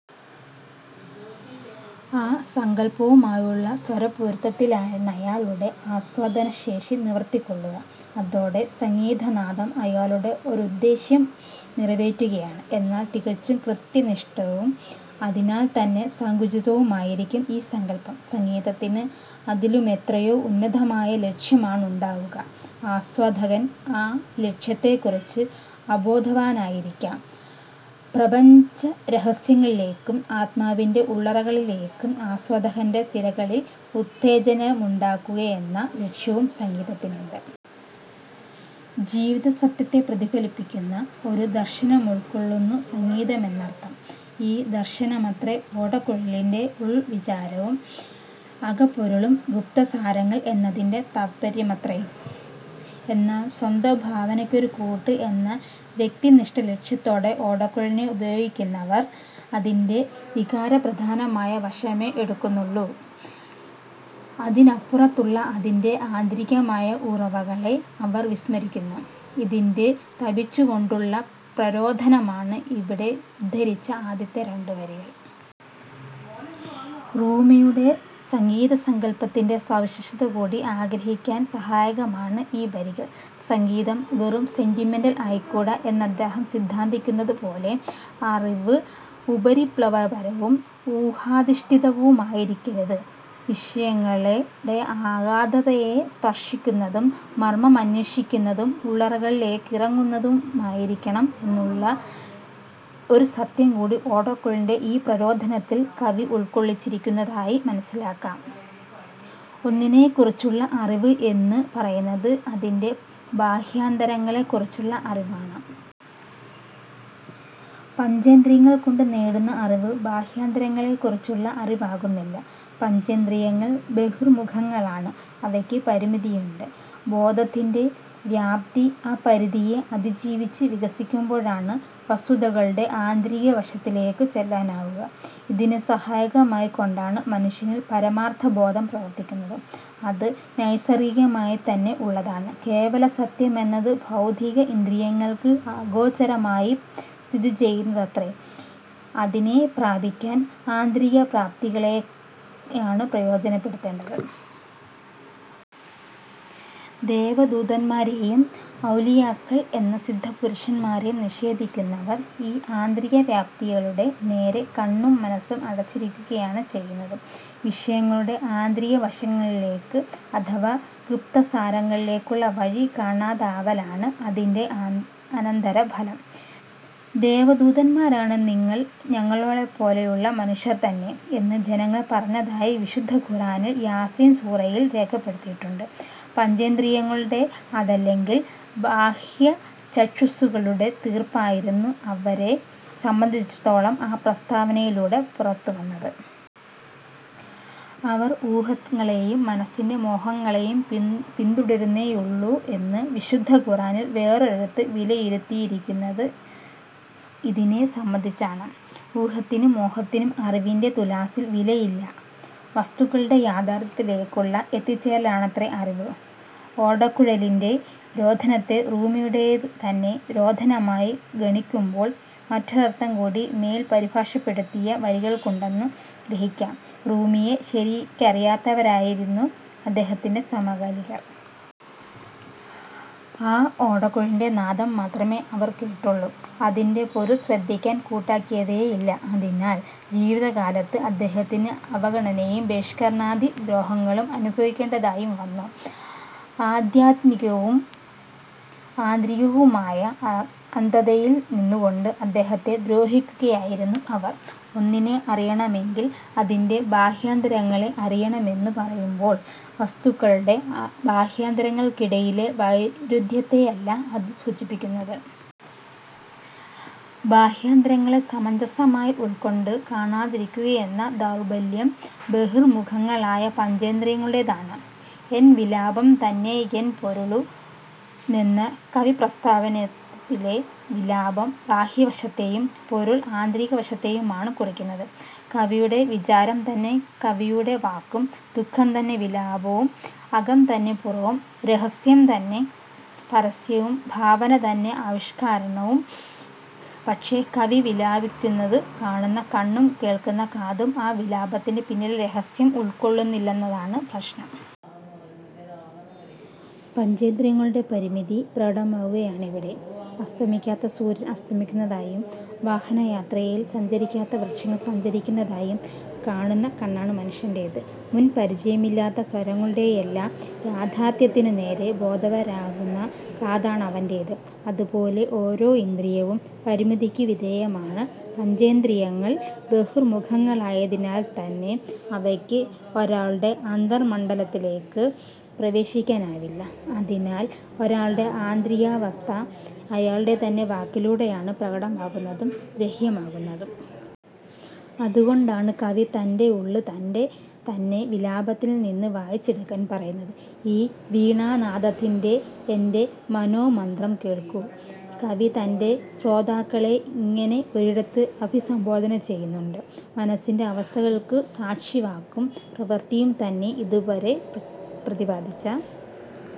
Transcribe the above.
ആ സങ്കല്പവുമായുള്ള സ്വരപ്പൊരുത്തത്തിലാണയാളുടെ ആസ്വാദനശേഷി നിർവൃതികൊള്ളുക. അതോടെ സംഗീതനാദം അയാളുടെ ഒരുദ്ദേശ്യം നിറവേറ്റുകയാണ്. എന്നാൽ തികച്ചും കർത്തൃനിഷ്ഠവും അതിനാൽത്തന്നെ സങ്കുചിതവുമായിരിക്കും ഈ സങ്കല്പം. സംഗീതത്തിന് അതിലുമെത്രയോ ഉന്നതമായ ലക്ഷ്യമാണുണ്ടാവുക. ആസ്വാദകൻ ആ ലക്ഷ്യത്തെക്കുറിച്ച് അബോധവാനായിരിക്കാം. പ്രപഞ്ചരഹസ്യങ്ങളിലേക്കും ആത്മാവിന്റെ ഉള്ളറകളിലേക്കും ആസ്വാദകന്റെ സിരകളിൽ ഉത്തേജനമുണ്ടാക്കുകയെന്ന ലക്ഷ്യവും സംഗീതത്തിനുണ്ട്. ജീവിതസത്യത്തെ പ്രതിഫലിപ്പിക്കുന്ന ഒരു ദർശനമുൾക്കൊള്ളുന്നു സംഗീതമെന്നർഥം. ഈ ദർശനമത്രേ ഓടക്കുഴലിന്റെ ഉൾവിചാരവും അകപ്പൊരുളും. 'ഗുപ്തസാരങ്ങൾ'എന്നതിന്റെ താത്പര്യമതത്രേ. എന്നാൽ സ്വന്തം ഭാവനയ്ക്കൊരു കൂട്ട് എന്ന വ്യക്തിനിഷ്ഠ ലക്ഷ്യത്തോടെ ഓടക്കുഴലിനെ ഉപയോഗിക്കുന്നവർ അതിന്റെ വികാരപ്രധാനമായ വശമേ എടുക്കുന്നുള്ളൂ. അതിനപ്പുറത്തുള്ള അതിന്റെ ആന്തരികമായ ഉറവകളെ അവർ വിസ്മരിക്കുന്നു. ഇതിൽ തപിച്ചുകൊണ്ടുള്ള പ്രരോദനമാണ് ഇവിടെ ഉദ്ധരിച്ച ആദ്യത്തെ രണ്ടുവരികൾ. റൂമിയുടെ സംഗീതസങ്കല്പത്തിന്റെ സവിശേഷതകൂടി ഗ്രഹിക്കാൻ സഹായകമാണ് ഈ വരികൾ; സംഗീതം വെറും 'സെന്റിമെന്റൽ'ആയിക്കൂടാ എന്നദ്ദേഹം സിദ്ധാന്തിക്കുന്നതുപോലെ. അറിവ് ഉപരിപ്ലവപരവും ഊഹാധിഷ്ഠിതവുമായിരിക്കരുത്, വിഷയങ്ങളുടെ അഗാധതയെ സ്പർശിക്കുന്നതും മർമമന്വേഷിക്കുന്നതും ഉള്ളറകളിലേക്കിറങ്ങുന്നതുമായിരിക്കണം എന്നുള്ള ഒരു സത്യംകൂടി ഓടക്കുഴലിന്റെ ഈ പ്രരോദനത്തിൽ കവി ഉൾക്കൊള്ളിച്ചിരിക്കുന്നതായി മനസ്സിലാക്കാം. ഒന്നിനെക്കുറിച്ചുള്ള അറിവ് എന്ന് പറയുന്നത് അതിന്റെ ബാഹ്യാന്തരങ്ങളെക്കുറിച്ചുള്ള അറിവാണ്. പഞ്ചേന്ദ്രിയങ്ങൾകൊണ്ട് നേടുന്ന അറിവ് ബാഹ്യാന്തരങ്ങളെക്കുറിച്ചുള്ള അറിവാകുന്നില്ല. പഞ്ചേന്ദ്രിയങ്ങൾ ബഹിർമുഖങ്ങളാണ്. അവയ്ക്ക് പരിമിതിയുണ്ട്. ബോധത്തിന്റെ വ്യാപ്തി ആ പരിമിതിയെ അതിജയിച്ചു വികസിക്കുമ്പോഴാണ് വസ്തുതകളുടെ ആന്തരികവശത്തിലേക്കു ചെല്ലാനാവുക. ഇതിനു സഹായകമായിക്കൊണ്ടാണ് മനുഷ്യനിൽ പരമാർഥബോധം പ്രവർത്തിക്കുന്നത്. അത് നൈസർഗികമായിത്തന്നെ ഉള്ളതാണ്. കേവലസത്യമെന്നത് ഭൗതിക ഇന്ദ്രിയങ്ങൾക്ക് അഗോചരമായി സ്ഥിതിചെയ്യുന്നതത്രേ. അതിനെ പ്രാപിക്കാൻ ആന്തരികപ്രാപ്തികളെയാണു പ്രയോജനപ്പെടുത്തേണ്ടത്. ദൈവദൂതന്മാരെയും 'ഔലിയാക്കൾ'എന്ന സിദ്ധപുരുഷന്മാരെയും നിഷേധിക്കുന്നവർ ഈ ആന്തരികവ്യാപ്തികളുടെ നേരെ കണ്ണും മനസ്സും അടച്ചിടുകയാണ് ചെയ്യുന്നത്. വിഷയങ്ങളുടെ ആന്തരികവശങ്ങളിലേക്ക് അഥവാ ഗുപ്തസാരങ്ങളിലേക്കു വഴി കാണാതാവലാണ് അതിന്റെ അനന്തരഫലം. ദൈവദൂതന്മാരോട് 'നിങ്ങൾ ഞങ്ങളെപ്പോലുള്ള മനുഷ്യർതന്നെ'എന്ന് ജനങ്ങൾ പറഞ്ഞതായി വിശുദ്ധ ഖുർആനിൽ യാസീൻ സൂറയിൽ രേഖപ്പെടുത്തിയിട്ടുണ്ട്. പഞ്ചേന്ദ്രിയങ്ങളുടെ അതല്ലെങ്കിൽ ബാഹ്യചക്ഷുസ്സുകളുടെ തീർപ്പായിരുന്നു അവരെ സംബന്ധിച്ചിടത്തോളം ആ പ്രസ്താവനയിലൂടെ പുറത്തുവന്നത്. 'അവർ ഊഹങ്ങളെയും മനസ്സിന്റെ മോഹങ്ങളെയും പിന്തുടരുന്നേയുള്ളൂ'വെന്ന് വിശുദ്ധ ഖുർആൻ വേറൊരിടത്തു വിലയിരുത്തിയിരിക്കുന്നത് ഇതിനെ സംബന്ധിച്ചാണ്. ഊഹത്തിനും മോഹത്തിനും അറിവിന്റെ തുലാസിൽ വിലയില്ല. വസ്തുക്കളുടെ യാഥാർഥ്യത്തിലേക്കുള്ള എത്തിച്ചേരലാണത്രേ അറിവ്. ഓടക്കുഴലിന്റെ രോദനത്തെ റൂമിയുടെതന്നെ രോദനമായി ഗണിക്കുമ്പോൾ മറ്റൊരർഥംകൂടി മേൽ പരിഭാഷപ്പെടുത്തിയ വരികൾക്കുണ്ടെന്നു ഗ്രഹിക്കാം. റൂമിയെ ശരിക്കറിയാത്തവരായിരുന്നു അദ്ദേഹത്തിന്റെ സമകാലികർ. ആ ഓടക്കുഴലിന്റെ നാദം മാത്രമേ അവർ കേട്ടുള്ളൂ, അതിന്റെ പൊരുൾ ശ്രദ്ധിക്കാൻ കൂട്ടാക്കിയതേയില്ല. അതിനാൽ ജീവിതകാലത്ത് അദ്ദേഹത്തിന് അവഗണനയും ബഹിഷ്കരണാദി ദ്രോഹങ്ങളും അനുഭവിക്കേണ്ടതായും വന്നു. ആധ്യാത്മികവും ആന്തരികവുമായ അന്ധതയിൽനിന്നുകൊണ്ട് അദ്ദേഹത്തെ ദ്രോഹിക്കുകയായിരുന്നു അവർ. ഒന്നിനെ അറിയണമെങ്കിൽ അതിന്റെ ബാഹ്യാന്തരങ്ങളെ അറിയണമെന്നു പറയുമ്പോൾ വസ്തുക്കളുടെ ബാഹ്യാന്തരങ്ങൾക്കിടയിലെ വൈരുധ്യത്തെയല്ല അതു സൂചിപ്പിക്കുന്നത്. ബാഹ്യാന്തരങ്ങളെ സമഞ്ജസമായി ഉൾക്കൊണ്ടു കാണാതിരിക്കുകയെന്ന ദൗർബല്യം ബഹിർമുഖങ്ങളായ പഞ്ചേന്ദ്രിയങ്ങളുടേതാണ്. 'എൻ വിലാപം തന്നെയെൻ പൊരുളു'മെന്ന കവിപ്രസ്താവത്തിലെ 'വിലാപം'ബാഹ്യവശത്തെയും 'പൊരുൾ'ആന്തരികവശത്തെയുമാണ് കുറിക്കുന്നത്. കവിയുടെ വിചാരംതന്നെ കവിയുടെ വാക്കും, ദുഃഖം തന്നെ വിലാപവും, അകം തന്നെ പുറവും, രഹസ്യംതന്നെ പരസ്യവും, ഭാവനതന്നെ ആവിഷ്കരണവും. പക്ഷേ, കവി വിലപിക്കുന്നതു കാണുന്ന കണ്ണും കേൾക്കുന്ന കാതും ആ വിലാപത്തിന്റെ പിന്നിലെ രഹസ്യം ഉൾക്കൊള്ളുന്നില്ലെന്നതാണ് പ്രശ്നം. പഞ്ചേന്ദ്രിയങ്ങളുടെ പരിമിതി പ്രകടമാവുകയാണിവിടെ. അസ്തമിക്കാത്ത സൂര്യൻ അസ്തമിക്കുന്നതായും വാഹനയാത്രയിൽ സഞ്ചരിക്കാത്ത വൃക്ഷങ്ങൾ സഞ്ചരിക്കുന്നതായും കാണുന്ന കണ്ണാണ് മനുഷ്യന്റെത്. മുൻ പരിചയമില്ലാത്ത സ്വരങ്ങളുടെയെല്ലാം യാഥാർഥ്യത്തിനുനേരേ ബധിരമാകുന്ന കാതാണവന്റെത്. അതുപോലെ ഓരോ ഇന്ദ്രിയവും പരിമിതിക്കു വിധേയമാണ്. പഞ്ചേന്ദ്രിയങ്ങൾ ബഹിർമുഖങ്ങളായതിനാൽത്തന്നെ അവയ്ക്ക് ഒരാളുടെ അന്തർമണ്ഡലത്തിലേക്ക് പ്രവേശിക്കാനാവില്ല. അതിനാൽ ഒരാളുടെ ആന്തരികാവസ്ഥ അയാളുടെ തന്നെ വാക്കിലൂടെയാണ് പ്രകടമാകുന്നതും ഗ്രാഹ്യമാകുന്നതും. അതുകൊണ്ടാണ് കവി തന്റെ ഉള്ള് തന്റെ തന്നെ വിലാപത്തിൽനിന്ന് വായിച്ചെടുക്കാൻ പറയുന്നത്. 'ഈ വീണാനാദത്തിൽ എന്റെ മനോമന്ത്രം കേൾക്കൂ,'കവി തന്റെ ശ്രോതാക്കളെ ഇങ്ങനെ ഒരിടത്ത് അഭിസംബോധന ചെയ്യുന്നുണ്ട്. മനസ്സിന്റെ അവസ്ഥകൾക്കു സാക്ഷി വാക്കും പ്രവൃത്തിയും തന്നെ. ഇതുവരെ പ്രതിപാദിച്ച